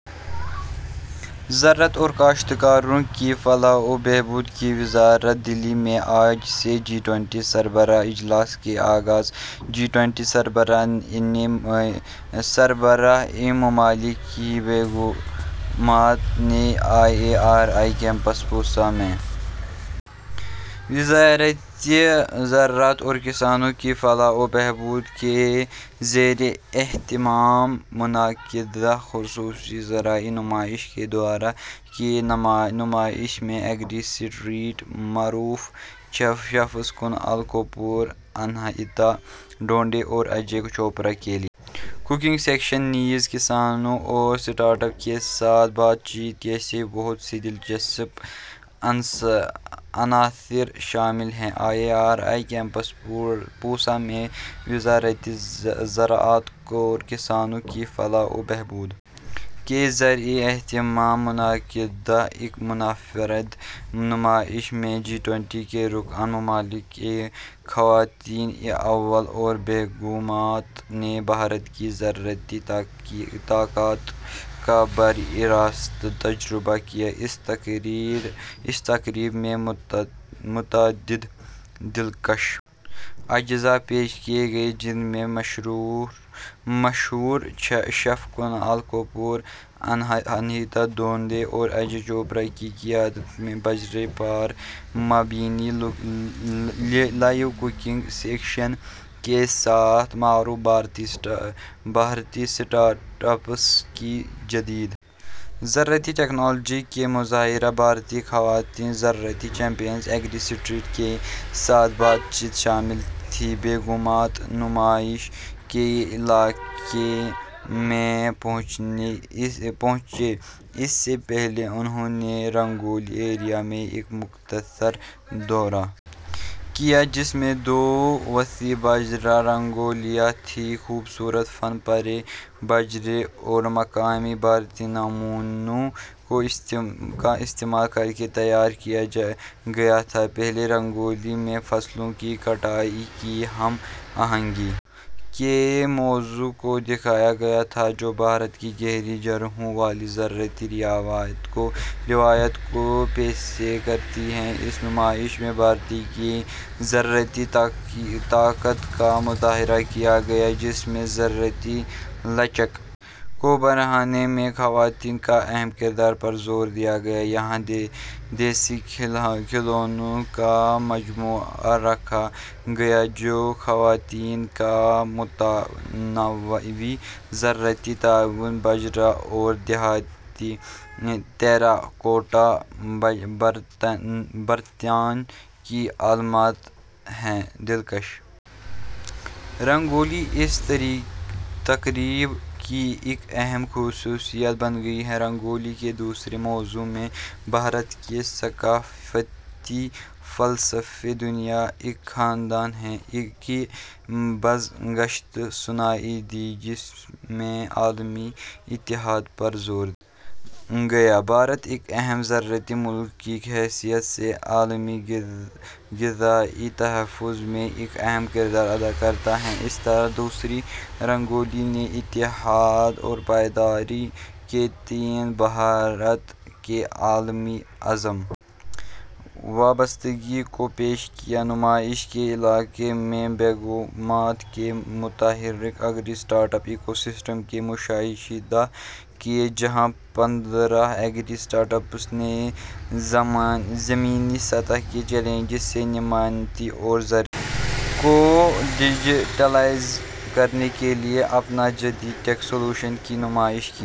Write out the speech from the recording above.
زراعت اور کاشتکاروں کی فلاح و بہبود کی وزارت دہلی میں آج سے جی بیس سربراہ اجلاس کا آغاز جی بیس سربراہان مملکت کی بیگمات نے I A R I campus Pusa میں وزارت زراعت اور کسانوں کی فلاح و بہبود کے زیر اہتمام منعقدہ خصوصی زرعی نمائش کا دورہ کیا نمائش میں ایگری اسٹریٹ معروف شیفز کنال کپور اناہیتا ڈھونڈی اور اجے چوپڑا کے لائیو ککنگ سیشن نیز کسانوں اور اسٹارٹ اپ کے ساتھ بات چیت جیسے بہت سے دلچسپ عناصر شامل ہیں I A R I campus Pusa میں وزارت زراعت اور کسانوں کی فلاح و بہبود کے زیر اہتمام منعقدہ ایک منفرد نمائش میں جی بیس کے رکن ممالک کی خواتین اول اور بیگمات نے بھارت کی زرعی طاقت کا براہ راست تجربہ کیا اس تقریب میں متعدد دلکش اجزا پیش کیے گئے جن میں مشہور شیف کنال کپور اناہیتا ڈھونڈی اور اجے چوپڑا کی قیادت میں باجرا پر مبنی لائیو ککنگ سیشن کے ساتھ ساتھ معروف بھارتی اسٹارٹ اپس کی جدید زرعی ٹکنالوجی کا مظاہرہ بھارتی خواتین زرعی چیمپیئنز ایگری اسٹریٹ کے ساتھ بات چیت شامل تھی بیگمات نمائش کے علاقے میں پہنچیں اس سے پہلے انہوں نے رنگولی ایریا میں ایک مختصر دورہ کیا جس میں دو وسیع باجرا رنگولیاں تھیں خوبصورت فن پارے باجرے اور مقامی بھارتی نمونوں کا استعمال کر کے تیار کیے گئے تھے پہلی رنگولی میں فصلوں کی کٹائی کی ہم آہنگی کے موضوع کو دکھایا گیا تھا جو بھارت کی گہری جڑوں والی زرعی روایات کو پیش کرتی ہے اس نمائش میں بھارت کی زرعی طاقت کا مظاہرہ کیا گیا جس میں زرعی لچک کو بڑھانے میں خواتین کے اہم کردار پر زور دیا گیا یہاں دیسی کھلونوں کا مجموعہ رکھا گیا جو خواتین کے متنوع زرعی تعاون باجرا اور دیہی ٹیراکوٹا برتنوں کی علامت ہے دلکش رنگولی اس تقریب کی ایک اہم خصوصیت بن گئی رنگولی کے دوسرے موضوع میں بھارت کے ثقافتی فلسفے دنیا ایک خاندان ہے کی بازگشت سنائی دی جس میں عالمی اتحاد پر زور دیا گیا بھارت ایک اہم زرعی ملک کی حیثیت سے عالمی غذائی تحفظ میں ایک اہم کردار ادا کرتا ہے اس طرح دوسری رنگولی نے اتحاد اور پائیداری کے تئیں بھارت کی عالمی عزم بستگی کو پیش کیا نمائش کے علاقے میں بیگمات نے متحرک agri startup ecosystem کا مشاہدہ کیا جہاں پندرہ ایگری اسٹارٹ اپس نے زمینی سطح کے چیلنجوں سے نمٹنے اور زراعت کو ڈیجیٹلائز کرنے کے لیے اپنے جدید ٹیک سلوشنز کی نمائش کی